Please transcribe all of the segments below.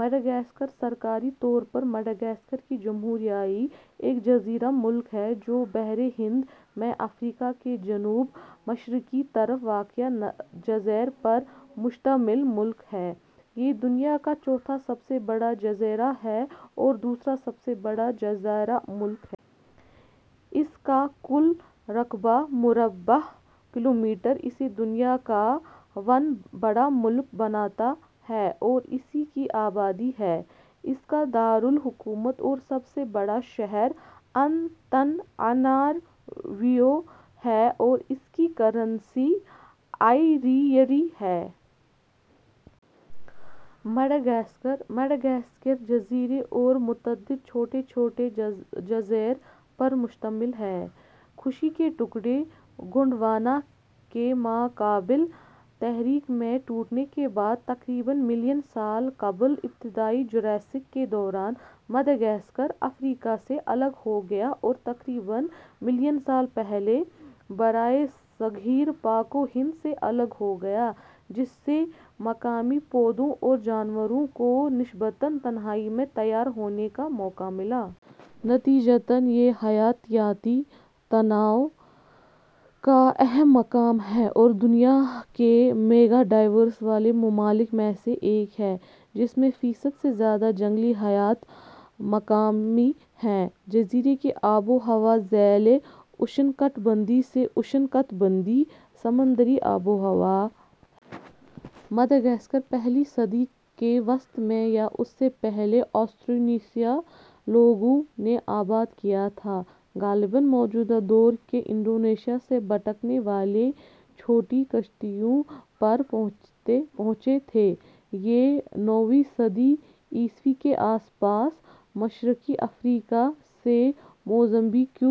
Madagascar ،، سرکاری طور پر Madagascar کی جمہوریہ، ایک جزیرہ ملک ہے جو بحر ہند میں افریقا کے جنوب مشرقی طرف واقع جزائر پر مشتمل ملک ہے۔ یہ دنیا کا چوتھا سب سے بڑا جزیرہ ہے اور دوسرا سب سے بڑا جزیرہ ملک ہے۔ اس کا کل رقبہ مربع کلومیٹر اسے دنیا کا واں بڑا ملک بناتا ہے۔ اور اس کے آبادی ہے ۔ اس کا دار الحکومت اور سب سے بڑا شہر انتاناناریوو ہے اور اس کی کرنسی ایریری ہے۔ مڈغاسکر، مڈغاسکر کے جزیرے اور متعدد چھوٹے چھوٹے جزائر پر مشتمل ہے۔ خشکی کے ٹکڑے، گونڈوانا کے ما قبل تاریخ میں ٹوٹنے کے بعد، تقریباً ملین سال قبل ابتدائی جراسک کے دوران مڈغاسکر افریقہ سے الگ ہو گیا اور تقریباً ملین سال پہلے برصغیر پاک و ہند سے الگ ہو گیا، جس سے مقامی پودوں اور جانوروں کو نسبتاً تنہائی میں تیار ہونے کا موقع ملا۔ نتیجتاً، یہ حیاتیاتی تنوع کا اہم مقام ہے اور دنیا کے میگا ڈائیورس والے ممالک میں سے ایک ہے، جس میں فیصد سے زیادہ جنگلی حیات مقامی ہیں۔ جزیرے کی آب و ہوا ذیلی اشنکٹبندیی سے اشنکٹبندیی سمندری آب و ہوا ہے۔ مڈغاسکر پہلی صدی کے وسط میں یا اس سے پہلے آسٹریونیائی لوگوں نے آباد کیا تھا، غالباً موجودہ دور کے انڈونیشیا سے بھٹکنے والے چھوٹی کشتیوں پر پہنچے تھے۔ یہ نویں صدی عیسوی کے آس پاس مشرقی افریقہ سے موزمبیق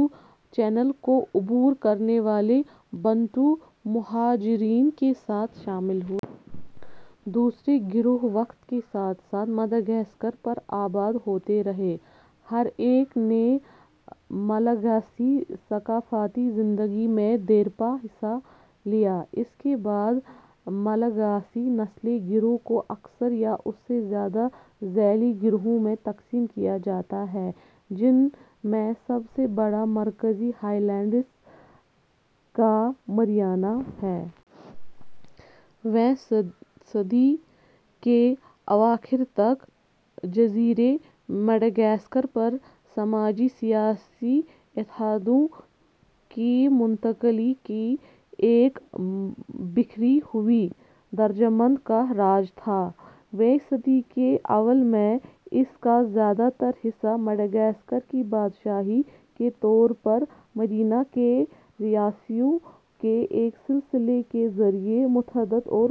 چینل کو عبور کرنے والے بنتو مہاجرین کے ساتھ شامل ہوئے۔ دوسرے گروہ وقت کے ساتھ ساتھ مڈغاسکر پر آباد ہوتے رہے، ہر ایک نے ملاگاسی ثقافتی زندگی میں دیرپا حصہ ڈالا۔ اس کے بعد، ملاگاسی نسلی گروہ کو اکثر یا اس سے زیادہ ذیلی گروپوں میں تقسیم کیا جاتا ہے، جن میں سے سب سے بڑا مرکزی ہائی لینڈز کا مرینا ہے۔ ویں صدی کے اواخر تک، جزیرے مڈغاسکر پر سماجی سیاسی اتحادوں کی منتقلی کی ایک بکھری ہوئی درجہ بندی کا راج تھا۔ ویں صدی کے اوائل میں، اس کا زیادہ تر حصہ مڈغاسکر کی بادشاہی کے طور پر مرینا کے رئیسوں کے ایک سلسلے کے ذریعے متحد اور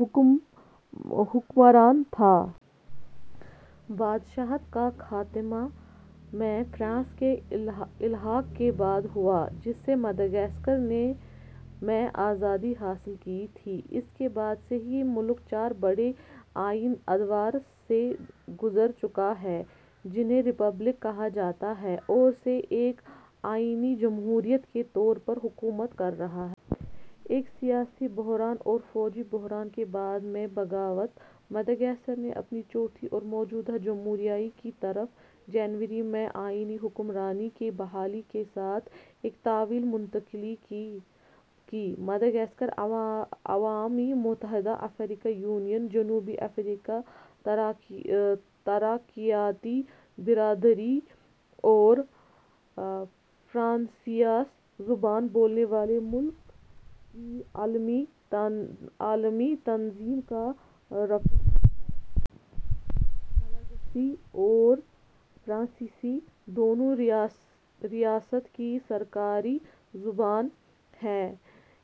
حکمران تھا۔ بادشاہت کا خاتمہ میں فرانس کے الحاق کے بعد ہوا، جس سے مڈغاسکر نے میں آزادی حاصل کی تھی۔ اس کے بعد سے یہ ملک چار بڑے آئینی ادوار سے گذر چکا ہے، جنھیں ریپبلک کہا جاتا ہے اور سے ایک آئینی جمہوریت کے طور پر حکومت کر رہا ہے۔ ایک سیاسی بحران اور فوجی بحران کے بعد میں بغاوت، مڈغاسکر نے اپنی چوتھی اور موجودہ جمہوریہ کی طرف، جنوری میں آئینی حکمرانی کی بحالی کے ساتھ، ایک طویل منتقلی کی مڈغاسکر اقوام متحدہ، افریقی یونین، جنوبی افریقیائی ترقیاتی برادری اور فرانسیسی زبان بولنے والے ممالک کی عالمی تنظیم کا رکن ہے۔ ملاگاسی اور فرانسیسی دونوں ریاست کی سرکاری زبانیں ہیں۔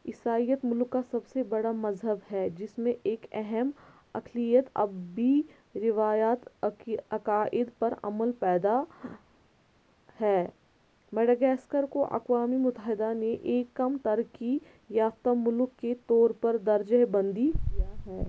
عیسائیت ملک کا سب سے بڑا مذہب ہے، جس میں ایک اہم اقلیت اب بھی روایتی عقائد پر عمل پیرا ہے۔ مڈغاسکر کو اقوام متحدہ نے ایک کم ترقی یافتہ ملک کے طور پر درجہ بندی کیا ہے۔